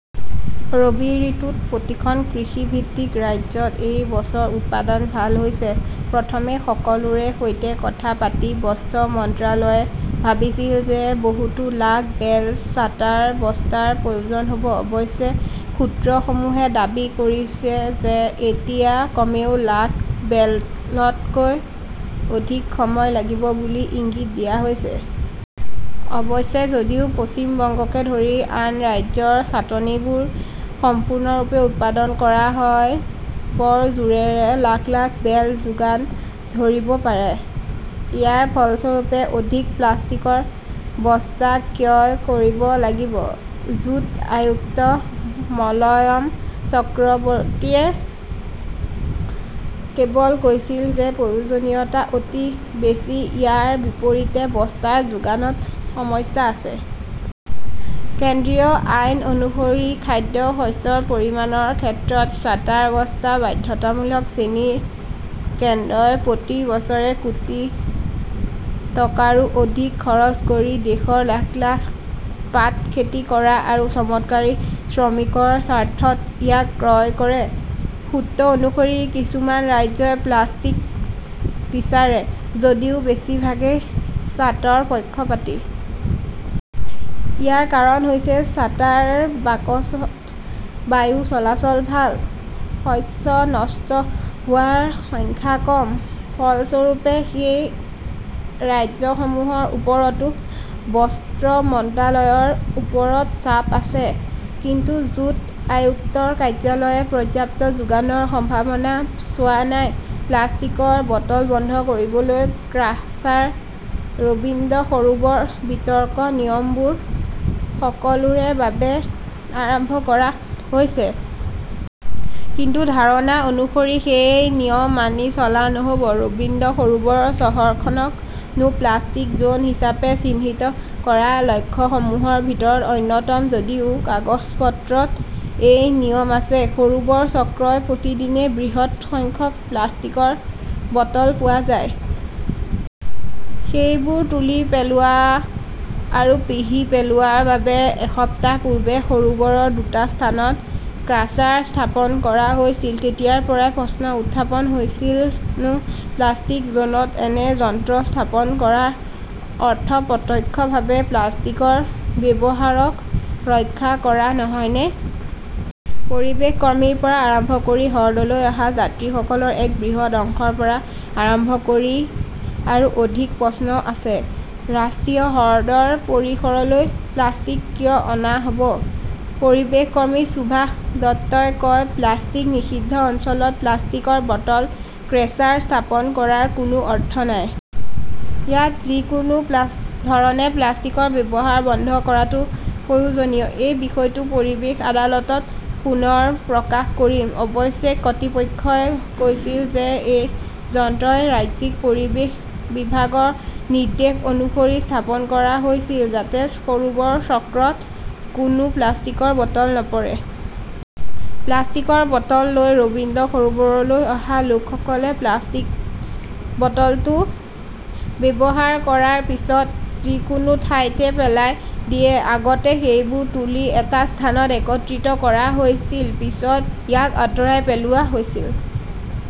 ৰবি ঋতুত প্ৰতিখন কৃষিভিত্তিক ৰাজ্যত এই বছৰ উৎপাদন ভাল হৈছে। প্ৰথমে সকলোৰে সৈতে কথা পাতি বস্ত্ৰ মন্ত্ৰালয়ে ভাবিছিল যে বহুতো লাখ বেল চাটৰ বস্তাৰ প্ৰয়োজন হ 'ব। অৱশ্যে সূত্ৰসমূহে দাবী কৰিছে যে এতিয়া কমেও লাখ বেলতকৈ অধিক সময় লাগিব বুলি ইংগিত দিয়া হৈছে। অৱশ্যে যদিও পশ্চিম বংগকে ধৰি আন ৰাজ্যৰ চাটনিবোৰ সম্পূৰ্ণৰূপে উৎপাদন কৰা হয়। বৰজোৰে লাখ -লাখ বেল যোগান ধৰিব পাৰে। ইয়াৰ ফলস্বৰূপে অধিক প্লাষ্টিকৰ বস্তা ক্ৰয় কৰিব লাগিব। জুট আয়ুক্ত মলয়চন্দ্ৰ চক্ৰৱৰ্তীয়ে কেৱল কৈছিল যে প্ৰয়োজনীয়তা অতি বেছি ইয়াৰ বিপৰীতে বস্তা যোগানত সমস্যা আছে। কেন্দ্ৰীয় আইন অনুসৰি খাদ্য, শস্যৰ পৰিমাণৰ ক্ষেত্ৰত চাটৰ বস্তা বাধ্যতামূলক চেনিৰ। কেন্দ্ৰই প্ৰতি বছৰে কোটি টকাৰো অধিক খৰচ কৰি দেশৰ লাখ -লাখ পাট খেতি কৰা আৰু চমৎকাৰী শ্ৰমিকৰ স্বাৰ্থত ইয়াক ক্ৰয় কৰে। সূত্ৰ অনুসৰি কিছুমান ৰাজ্যই প্লাষ্টিক বিচাৰে যদিও বেছিভাগেই চাটৰ পক্ষপাতী। ইয়াৰ কাৰণ হৈছে চাটৰ বাকচত বায়ু চলাচল ভাল। শস্য নষ্ট হোৱাৰ সংখ্যা কম। ফলস্বৰূপে, সেই ৰাজ্যসমূহৰ ওপৰতো বস্ত্ৰ মন্ত্ৰালয়ৰ ওপৰত চাপ আছে। কিন্তু জুট আয়ুক্তৰ কাৰ্যালয়ে পৰ্যাপ্ত যোগানৰ সম্ভাৱনা চোৱা নাই। প্লাষ্টিকৰ বটল বন্ধ কৰিবলৈ ক্ৰাছাৰ ৰবীন্দ্ৰ সৰোবৰ বিতৰ্ক নিয়মবোৰ সকলোৰে বাবে আৰম্ভ কৰা হৈছে। কিন্তু ধাৰণা অনুসৰি সেই নিয়ম মানি চলা নহ'ব। ৰবীন্দ্ৰ সৰোবৰ চহৰখনক নো প্লাষ্টিক জ'ন হিচাপে চিহ্নিত কৰা লক্ষ্যসমূহৰ ভিতৰত অন্যতম। যদিও কাগজ-পত্ৰত এই নিয়ম আছে, সৰোবৰ চক্ৰত প্ৰতিদিনে বৃহৎ সংখ্যক প্লাষ্টিকৰ বটল পোৱা যায়। সেইবোৰ তুলি পেলোৱা আৰু পিহি পেলোৱাৰ বাবে এসপ্তাহ পূৰ্বে সৰোবৰৰ দুটা স্থানত ক্ৰাছাৰ স্থাপন কৰা হৈছিল। তেতিয়াৰ পৰাই প্ৰশ্ন উত্থাপন হৈছিল নো প্লাষ্টিক জ'নত এনে যন্ত্ৰ স্থাপন কৰাৰ অৰ্থ প্ৰত্যক্ষভাৱে প্লাষ্টিকৰ ব্যৱহাৰক ৰক্ষা কৰা নহয়নে? পৰিৱেশ কৰ্মীৰ পৰা আৰম্ভ কৰি হ্ৰদলৈ অহা যাত্ৰীসকলৰ এক বৃহৎ অংশৰ পৰা আৰম্ভ কৰি আৰু অধিক প্ৰশ্ন আছে, ৰাষ্ট্ৰীয় হ্ৰদৰ পৰিসৰলৈ প্লাষ্টিক কিয় অনা হ 'ব? পৰিৱেশ কৰ্মী সুভাষ দত্তই কয়, প্লাষ্টিক নিষিদ্ধ অঞ্চলত প্লাষ্টিক বটল ক্ৰেচাৰ স্থাপন কৰাৰ কোনো অৰ্থ নাই। ইয়াত যিকোনো ধৰণে প্লাষ্টিকৰ ব্যৱহাৰ বন্ধ কৰাটো প্ৰয়োজনীয়। মই বিষয়টো পৰিৱেশ আদালতত পুনৰ প্ৰকাশ কৰিম। অৱশ্যে কৰ্তৃপক্ষই কৈছিল যে এই যন্ত্ৰটো ৰাজ্যিক পৰিৱেশ বিভাগৰ নিৰ্দেশ অনুসৰি স্থাপন কৰা হৈছিল যাতে সৰোবৰ চক্ৰত ক'তো প্লাষ্টিকৰ বটল নপৰে। প্লাষ্টিকৰ বটল লৈ ৰবীন্দ্ৰ সৰোবৰলৈ অহা লোকসকলে বটলটো ব্যৱহাৰ কৰাৰ পিছত যিকোনো ঠাইতে পেলাই দিয়ে। আগতে সেইবোৰ তুলি এটা স্থানত একত্ৰিত কৰা হৈছিল। পিছত ইয়াক আঁতৰাই পেলোৱা হৈছিল।